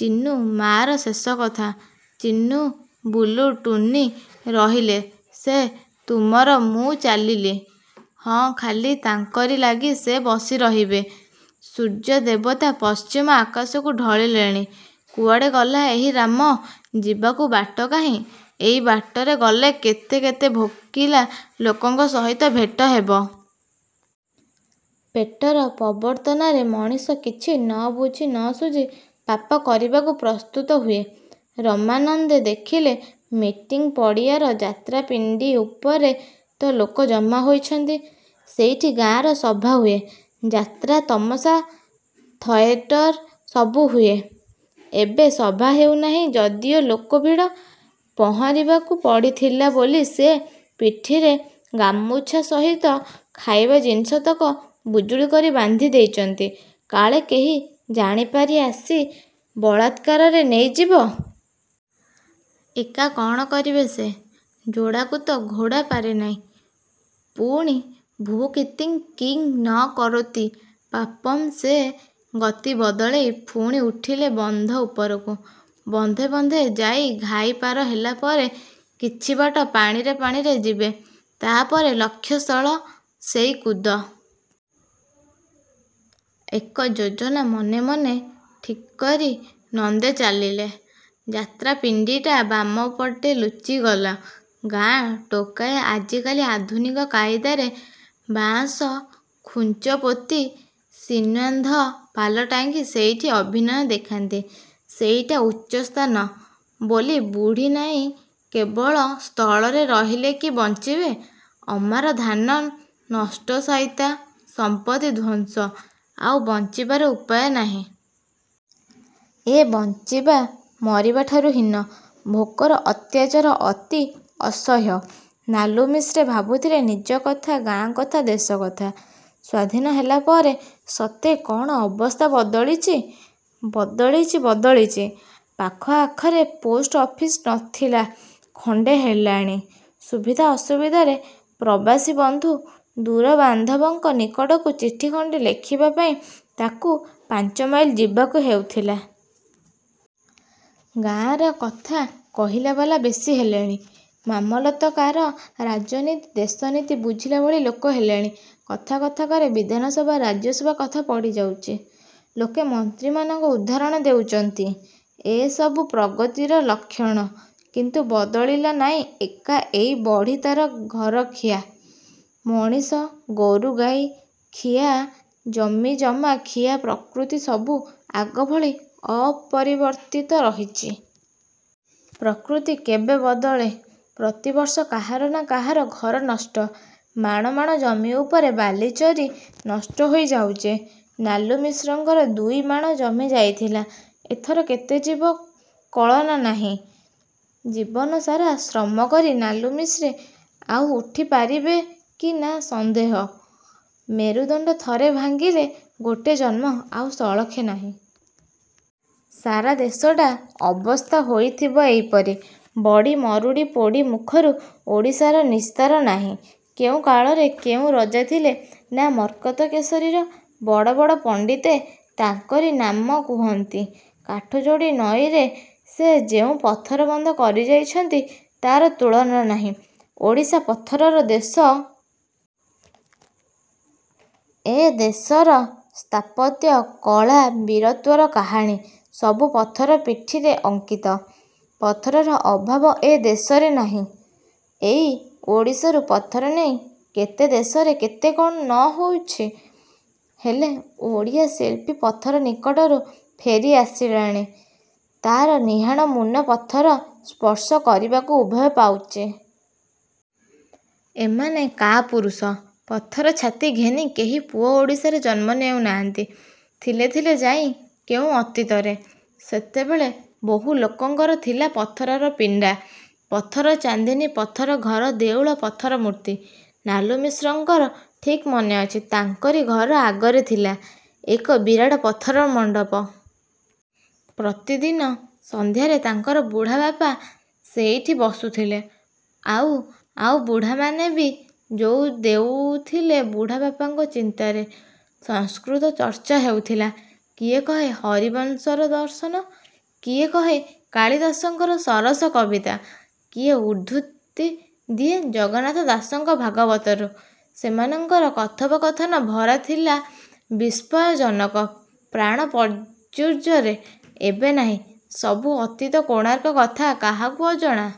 ଚିନୁ-ମାର ଶେଷକଥା;–ଚିନୁ ବୁଲୁ ଟୁନୀ ରହିଲେ–ସେ ତୁମର–ମୁଁ ଚାଲିଲି। ହଁ ଖାଲି ତାଙ୍କରି ଲାଗି ସେ ବସିରହିବେ। ସୂର୍ଯ୍ୟଦେବତା ପଶ୍ଚିମ ଆକାଶକୁ ଢଳିଲେଣି। କୁଆଡ଼େ ଗଲା ଏହି ରାମ? ଯିବାକୁ ବାଟ କାହିଁ। ଏଇ ବାଟରେ ଗଲେ କେତେ କେତେ ଭୋକିଲା ଲୋକଙ୍କ ସହିତ ଭେଟ ହେବ। ପେଟର ପ୍ରବର୍ତ୍ତନାରେ ମଣିଷ କିଛି ନବୁଝି ନସୁଝି ପାପ କରିବାକୁ ପ୍ରସ୍ତୁତ ହୁଏ। ରାମାନନ୍ଦେ ଦେଖିଲେ–ମିଟିଂ ପଡ଼ିଆର ଯାତ୍ରାପିଣ୍ଡି ଉପରେ ତ ଲୋକ ଜମା ହୋଇଛନ୍ତି। ସେଇଠି ଗାଁର ସଭା ହୁଏ। ଯାତ୍ରା, ତାମସା, ଥିଏଟର ସବୁହୁଏ। ଏବେ ସଭା ହେଉନାହିଁ–ଯଦିଓ ଲୋକଭିଡ଼। ପହଁରିବାକୁ ପଡ଼ିଥିଲା ବୋଲି ସେ ପିଠିରେ ଗାମୁଛା ସହିତ ଖାଇବା ଜିନିଷତକ ବୁଜୁଳି କରି ବାନ୍ଧିଦେଇଚନ୍ତି କାଳେ କେହି ଜାଣିପାରି ଆସି ବଳାତ୍କାରରେ ନେଇଯିବ? ଏକା କଣ କରିବେ ସେ? ଯୋଡ଼ାକୁ ତ ଘୋଡ଼ା ପାରେନାଇଁ। ପୁଣି, ବୁଭୁକ୍ଷିତଂ କିଂ ନ କରୋତି ପାପମ୍ ସେ ଗତି ବଦଳେଇ ପୁଣି ଉଠିଲେ ବନ୍ଧ ଉପରକୁ। ବନ୍ଧେ ବନ୍ଧେ ଯାଇ ଘାଇ ପାର ହେଲାପରେ–କିଛି ବାଟ ପାଣିରେ ପାଣିରେ ଯିବେ–ତା'ପରେ ଲକ୍ଷ୍ୟସ୍ଥଳ ସେଇ କୁଦ। ଏକ ଯୋଜନା ମନେ ମନେ ଠିକ୍କରି ନନ୍ଦେ ଚାଲିଲେ! ଯାତ୍ରାପିଣ୍ଡିଟା ବାମପଟେ ଲୁଚିଗଲା। ଗାଁ-ଟୋକାଏ ଆଜିକାଲି ଆଧୁନିକ କାଇଦାରେ ବାଆଁଶ ଖୁଞ୍ଚପୋତି, ସିନ୍ବାନ୍ଧ ପାଲ ଟାଙ୍ଗି ସେଇଠି ଅଭିନୟ ଦେଖାନ୍ତି। ସେଇଟା ଉଚ୍ଚସ୍ଥାନ। ବୋଲି ବୁଡ଼ିନାଇଁ କେବଳ ସ୍ଥଳରେ ରହିଲେ କି ବଞ୍ଚିବେ? ଅମାର ଧାନ ନଷ୍ଟ–ସାଇତା, ସମ୍ପତ୍ତି ଧ୍ୱଂସ–ଆଉ ବଞ୍ଚିବାର ଉପାୟ ନାହିଁ? ଏ ବଞ୍ଚିବା ମରିବାଠାରୁ ହୀନ। ଭୋକର ଅତ୍ୟାଚାର ଅତି ଅସହ୍ୟ। ନାଲୁମିଶ୍ରେ ଭାବୁଥିଲେ–ନିଜକଥା, ଗାଁ କଥା, ଦେଶ କଥା। ସ୍ୱାଧୀନ ହେଲାପରେ ସତେ କଣ ଅବସ୍ଥା ବଦଳିଚି? ବଦଳିଚି, ବଦଳିଚି। ପାଖ ଆଖରେ ପୋଷ୍ଟ ଅଫିସ ନଥିଲା, ଖଣ୍ଡେ ହେଲାଣି। ସୁବିଧା ଅସୁବିଧାରେ ପ୍ରବାସୀବନ୍ଦୁ ଦୂରବାନ୍ଧବଙ୍କ ନିକଟକୁ ଚିଠିଖଣ୍ଡେ ଲେଖିବା ପାଇଁ ତାଙ୍କୁ ପାଞ୍ଚମାଇଲ ଯିବାକୁ ହେଉଥିଲା। ଗାଁରେ କଥା କହିଲାବାଲା ବେଶି ହେଲେଣି। ମାମଲତକାର, ରାଜନୀତି, ଦେଶନୀତି ବୁଝିଲା ଭଳି ଲୋକ ହେଲେଣି। କଥା କଥାକରେ ବିଧାନସଭା ରାଜ୍ୟସଭା କଥା ପଡ଼ି ଯାଉଚି। ଲୋକେ ମନ୍ତ୍ରୀମାନଙ୍କ ଉଦାହରଣ ଦେଉଚନ୍ତି। ଏସବୁ ପ୍ରଗତିର ଲକ୍ଷଣ। କିନ୍ତୁ–ବଦଳିଲା ନାଇଁ ଏକା ଏଇ ବଢ଼ି ତାର ଘରଖିଆ, ମଣିଷ–ଗୋରୁଗାଈ ଖିଆ ଜମି–ଜମା ଖିଆ ପ୍ରକୃତି ସବୁ ଆଗଭଳି ଅପରିବର୍ତ୍ତିତ ରହିଚି। ପ୍ରକୃତ୍ତି କେବେ ବଦଳେ? ପ୍ରତିବର୍ଷ କାହାର ନା କାହାର ଘରନଷ୍ଟ। ମାଣମାଣ ଜମି ଉପରେ ବାଲିଚରି ନଷ୍ଟହୋଇ ଯାଉଚି। ନାଲୁମିଶ୍ରଙ୍କର ଦୁଇମାଣ ଜମି ଯାଇଥିଲା–ଏଥର କେତେ ଯିବ କଳନା ନାହିଁ-। ଜୀବନ ସାରା ଶ୍ରମକରି ନାଲୁମିଶ୍ରେ ଆଉ ଉଠି ପାରିବେ କି ନା ସନ୍ଦେହ। ମେରୁଦଣ୍ଡ ଥରେ ଭାଙ୍ଗିଲେ ଗୋଟେ ଜନ୍ମ ଆଉ ସଳଖେ ନାହିଁ। ସାରା ଦେଶଟା ଅବସ୍ଥା ହୋଇଥିବ ଏଇପରି। ବଡ଼ି–ମରୁଡ଼ି–ପୋଡ଼ି ମୁଖରୁ ଓଡ଼ିଶାର ନିସ୍ତାର ନାହିଁ। କେଉଁ କାଳରେ କେଉଁ ରଜାଥିଲେ, ନାଁ ମର୍କତକେଶରୀ। ବଡ଼ ବଡ଼ ପଣ୍ଡିତେ ତାଙ୍କରି ନାମ କୁହନ୍ତି। କାଠଯୋଡ଼ି ନଈରେ ସେ ଯେଉଁ ପଥର ବନ୍ଧ କରିଯାଇଛନ୍ତି ତାର ତୁଳନା ନାହିଁ। ଓଡ଼ିଶା ପଥରର ଦେଶ। ଏ ଦେଶର ସ୍ଥାପତ୍ୟ, କଳା, ବୀରତ୍ୱର କାହାଣୀ ସବୁ ପଥର ପିଠିରେ ଅଙ୍କିତ। ପଥରର ଅଭାବ ଏ ଦେଶରେ ନାହିଁ। ଏଇ ଓଡ଼ିଶାରୁ ପଥରନେଇ କେତେ ଦେଶରେ କେତେ କଣ ନ ହେଉଚି। ହେଲେ, ଓଡ଼ିଆ ଶିଳ୍ପୀ ପଥର ନିକଟରୁ ଫେରି ଆସିଲାଣି। ତାର ନିହାଣ ମୁନ ପଥର ସ୍ପର୍ଶ କରିବାକୁ ଭୟ ପାଉଛି। ଏମାନେ କାପୁରୁଷ। ପଥର ଛାତି ଘେନି କେହି ପୁଅ ଓଡ଼ିଶାରେ ଜନ୍ମ ନେଉନାହାନ୍ତି। ଥିଲେ, ଥିଲେ ଯାଇଁ କେଉଁ ଅତୀତରେ। ସେତେବେଳେ ବହୁଲୋକଙ୍କର ଥିଲା ପଥରର ପିଣ୍ଡା, ପଥର ଚାନ୍ଦିନୀ, ପଥର ଘର, ଦେଉଳ, ପଥର ମୂର୍ତ୍ତି। ନାଲୁମିଶ୍ରଙ୍କର ଠିକ୍ ମନେଅଛି, ତାଙ୍କରି ଘର ଆଗରେ ଥିଲା ଏକ ବିରାଟ ପଥର ମଣ୍ଡପ। ପ୍ରତିଦିନ ସଂଧ୍ୟାରେ ତାଙ୍କର ବୁଢ଼ାବାପା ସେଇଠି ବସୁଥିଲେ। ଆଉ ଆଉ ବୁଢ଼ାମାନେ ବି ଯୋଗ ଦେଉଥିଲେ ବୁଢ଼ାବାପାଙ୍କ ଚିନ୍ତାରେ। ସଂସ୍କୃତ ଚର୍ଚ୍ଚା ହେଉଥିଲା। କିଏ କହେ ହରିବଂଶର ଦର୍ଶନ, କିଏ କହେ କାଳିଦାସଙ୍କର ସରସ କବିତା, କିଏ ଉଦ୍ଧୃତି ଦିଏ ଜଗନ୍ନାଥ ଦାସଙ୍କ ଭାଗବତରୁ। ସେମାନଙ୍କର କଥୋପକଥନ ଭରାଥିଲା ବିସ୍ମୟଜନକ ପ୍ରାଣ ପ୍ରାଚୁର୍ଯ୍ୟରେ। ଏବେ ନାହିଁ, ସବୁ ଅତୀତ। କୋଣାର୍କ କଥା କାହାକୁ ଅଜଣା।